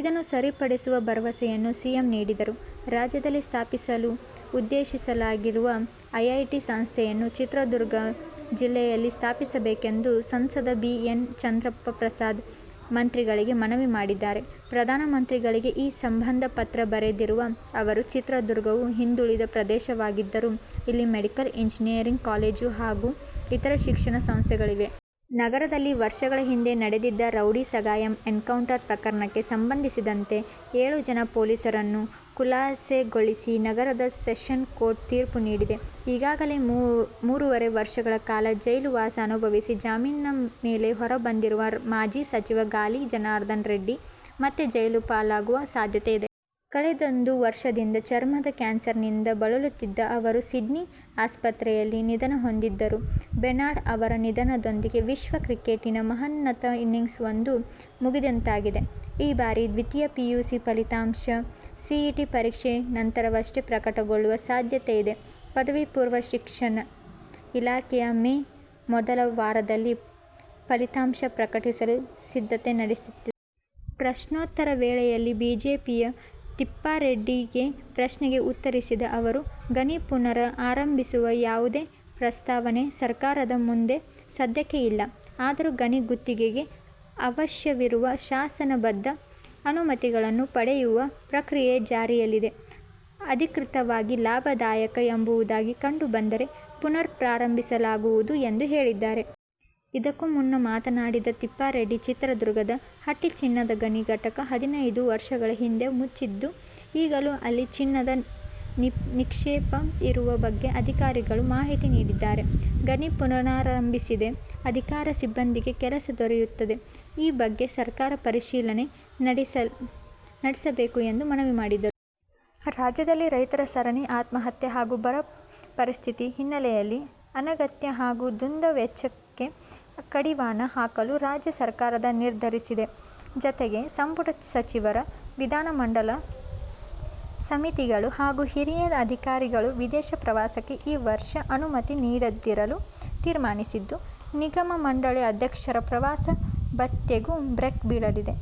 ಇದನ್ನು ಸರಿಪಡಿಸುವ ಭರವಸೆಯನ್ನು ಸಿಎಂ ನೀಡಿದ್ದರು. ರಾಜ್ಯದಲ್ಲಿ ಸ್ಥಾಪಿಸಲು ಉದ್ದೇಶಿಸಲಾಗಿರುವ ಐಐಟಿ ಸಂಸ್ಥೆಯನ್ನು ಚಿತ್ರದುರ್ಗ ಜಿಲ್ಲೆಯಲ್ಲಿ ಸ್ಥಾಪಿಸಬೇಕೆಂದು ಸಂಸದ ಬಿ. ಎನ್. ಚಂದ್ರಪ್ಪ ಪ್ರಧಾನ ಮಂತ್ರಿಗಳಿಗೆ ಮನವಿ ಮಾಡಿದ್ದಾರೆ. ಪ್ರಧಾನ ಮಂತ್ರಿಗಳಿಗೆ ಈ ಸಂಬಂಧ ಪತ್ರ ಬರೆದಿರುವ ಅವರು, ಚಿತ್ರದುರ್ಗವು ಹಿಂದುಳಿದ ಪ್ರದೇಶವಾಗಿದ್ದರೂ ಇಲ್ಲಿ ಮೆಡಿಕಲ್, ಇಂಜಿನಿಯರಿಂಗ್ ಕಾಲೇಜು ಹಾಗೂ ಇತರ ಶಿಕ್ಷಣ ಸಂಸ್ಥೆಗಳಿವೆ. ನಗರದಲ್ಲಿ ವರ್ಷಗಳ ಹಿಂದೆ ನಡೆದಿದ್ದ ರೌಡಿ ಸಗಾಯಮ್ ಎನ್ಕೌಂಟರ್ ಪ್ರಕರಣಕ್ಕೆ ಸಂಬಂಧಿಸಿದಂತೆ ಏಳು ಜನ ಪೊಲೀಸರನ್ನು ಖುಲಾಸೆಗೊಳಿಸಿ ನಗರದ ಸೆಷೆನ್ಸ್ ಕೋರ್ಟ್ ತೀರ್ಪು ನೀಡಿದೆ. ಈಗಾಗಲೇ ಮೂರುವರೆ ವರ್ಷಗಳ ಕಾಲ ಜೈಲುವಾಸ ಅನುಭವಿಸಿ ಜಾಮೀನಿನ ಮೇಲೆ ಹೊರ ಬಂದಿರುವ ಮಾಜಿ ಸಚಿವ ಗಾಲಿ ಜನಾರ್ದನ ರೆಡ್ಡಿ ಮತ್ತೆ ಜೈಲುಪಾಲಾಗುವ ಸಾಧ್ಯತೆ ಇದೆ. ಕಳೆದೊಂದ ವರ್ಷದಿಂದ ಚರ್ಮದ ಕ್ಯಾನ್ಸರ್ನಿಂದ ಬಳಲುತ್ತಿದ್ದ ಅವರು ಸಿಡ್ನಿ ಆಸ್ಪತ್ರೆಯಲ್ಲಿ ನಿಧನಹೊಂದಿದರು. ಬೆನಾಡ್ ಅವರ ನಿಧನದೊಂದಿಗೆ ವಿಶ್ವ ಕ್ರಿಕೆಟಿನ ಮಹೋನ್ನತ ಇನ್ನಿಂಗ್ಸ್ ಒಂದು ಮುಗಿದಂತಾಗಿದೆ. ಈ ಬಾರಿಯ ದ್ವಿತೀಯ ಪಿಯುಸಿ ಫಲಿತಾಂಶ ಸಿಇಟಿ ಪರೀಕ್ಷೆಯ ನಂತರವಷ್ಟೇ ಪ್ರಕಟಗೊಳ್ಳುವ ಸಾಧ್ಯತೆಯಿದೆ. ಪದವಿ ಪೂರ್ವ ಶಿಕ್ಷಣ ಇಲಾಖೆಯು ಮೇ ಮೊದಲ ವಾರದಲ್ಲಿ ಫಲಿತಾಂಶ ಪ್ರಕಟಿಸಲು ಸಿದ್ಧತೆ ನಡೆಸಿತ್ತು. ಪ್ರಶ್ನೋತ್ತರ ವೇಳೆಯಲ್ಲಿ ಬಿಜೆಪಿಯ ತಿಪ್ಪಾರೆಡ್ಡಿಗೆ ಪ್ರಶ್ನೆಗೆ ಉತ್ತರಿಸಿದ ಅವರು, ಗಣಿ ಪುನರ್ ಆರಂಭಿಸುವ ಯಾವುದೇ ಪ್ರಸ್ತಾವನೆ ಸರ್ಕಾರದ ಮುಂದೆ ಸದ್ಯಕ್ಕೆ ಇಲ್ಲ. ಆದರೂ ಗಣಿ ಗುತ್ತಿಗೆಗೆ ಅವಶ್ಯವಿರುವ ಶಾಸನಬದ್ಧ ಅನುಮತಿಗಳನ್ನು ಪಡೆಯುವ ಪ್ರಕ್ರಿಯೆ ಜಾರಿಯಲ್ಲಿದೆ. ಆರ್ಥಿಕವಾಗಿ ಲಾಭದಾಯಕ ಎಂಬುದಾಗಿ ಕಂಡುಬಂದರೆ ಪುನರ್ ಪ್ರಾರಂಭಿಸಲಾಗುವುದು ಎಂದು ಹೇಳಿದರು. ಇದಕ್ಕೂ ಮುನ್ನ ಮಾತನಾಡಿದ ತಿಪ್ಪಾರೆಡ್ಡಿ, ಚಿತ್ರದುರ್ಗದ ಹಟ್ಟಿ ಚಿನ್ನದ ಗಣಿ ಘಟಕ ಹದಿನೈದು ವರ್ಷಗಳ ಹಿಂದೆ ಮುಚ್ಚಿದ್ದು, ಈಗಲೂ ಅಲ್ಲಿ ಚಿನ್ನದ ನಿಕ್ಷೇಪ ಇರುವ ಬಗ್ಗೆ ಅಧಿಕಾರಿಗಳು ಮಾಹಿತಿ ನೀಡಿದ್ದಾರೆ. ಗಣಿ ಪುನರಾರಂಭಿಸಿದರೆ ಅಧಿಕಾರಿ-ಸಿಬ್ಬಂದಿಗೆ ಕೆಲಸ ದೊರೆಯುತ್ತದೆ. ಈ ಬಗ್ಗೆ ಸರ್ಕಾರ ಪರಿಶೀಲನೆ ನಡೆಸಬೇಕು ಎಂದು ಮನವಿ ಮಾಡಿದರು. ರಾಜ್ಯದಲ್ಲಿ ರೈತರ ಸರಣಿ ಆತ್ಮಹತ್ಯೆ ಹಾಗೂ ಬರ ಪರಿಸ್ಥಿತಿ ಹಿನ್ನೆಲೆಯಲ್ಲಿ ಅನಗತ್ಯ ಹಾಗೂ ದುಂದು ವೆಚ್ಚಕ್ಕೆ ಕಡಿವಾಣ ಹಾಕಲು ರಾಜ್ಯ ಸರ್ಕಾರ ನಿರ್ಧರಿಸಿದೆ. ಜತೆಗೆ ಸಂಪುಟ ಸಚಿವರು, ವಿಧಾನಮಂಡಲದ ಸಮಿತಿಗಳು ಹಾಗೂ ಹಿರಿಯ ಅಧಿಕಾರಿಗಳ ವಿದೇಶ ಪ್ರವಾಸಕ್ಕೆ ಈ ವರ್ಷ ಅನುಮತಿ ನೀಡದಿರಲು ತೀರ್ಮಾನಿಸಿದ್ದು, ನಿಗಮ-ಮಂಡಳಿ ಅಧ್ಯಕ್ಷರ ಪ್ರವಾಸ ಭತ್ಯೆಗೂ ಬ್ರೇಕ್ ಬೀಳಲಿದೆ.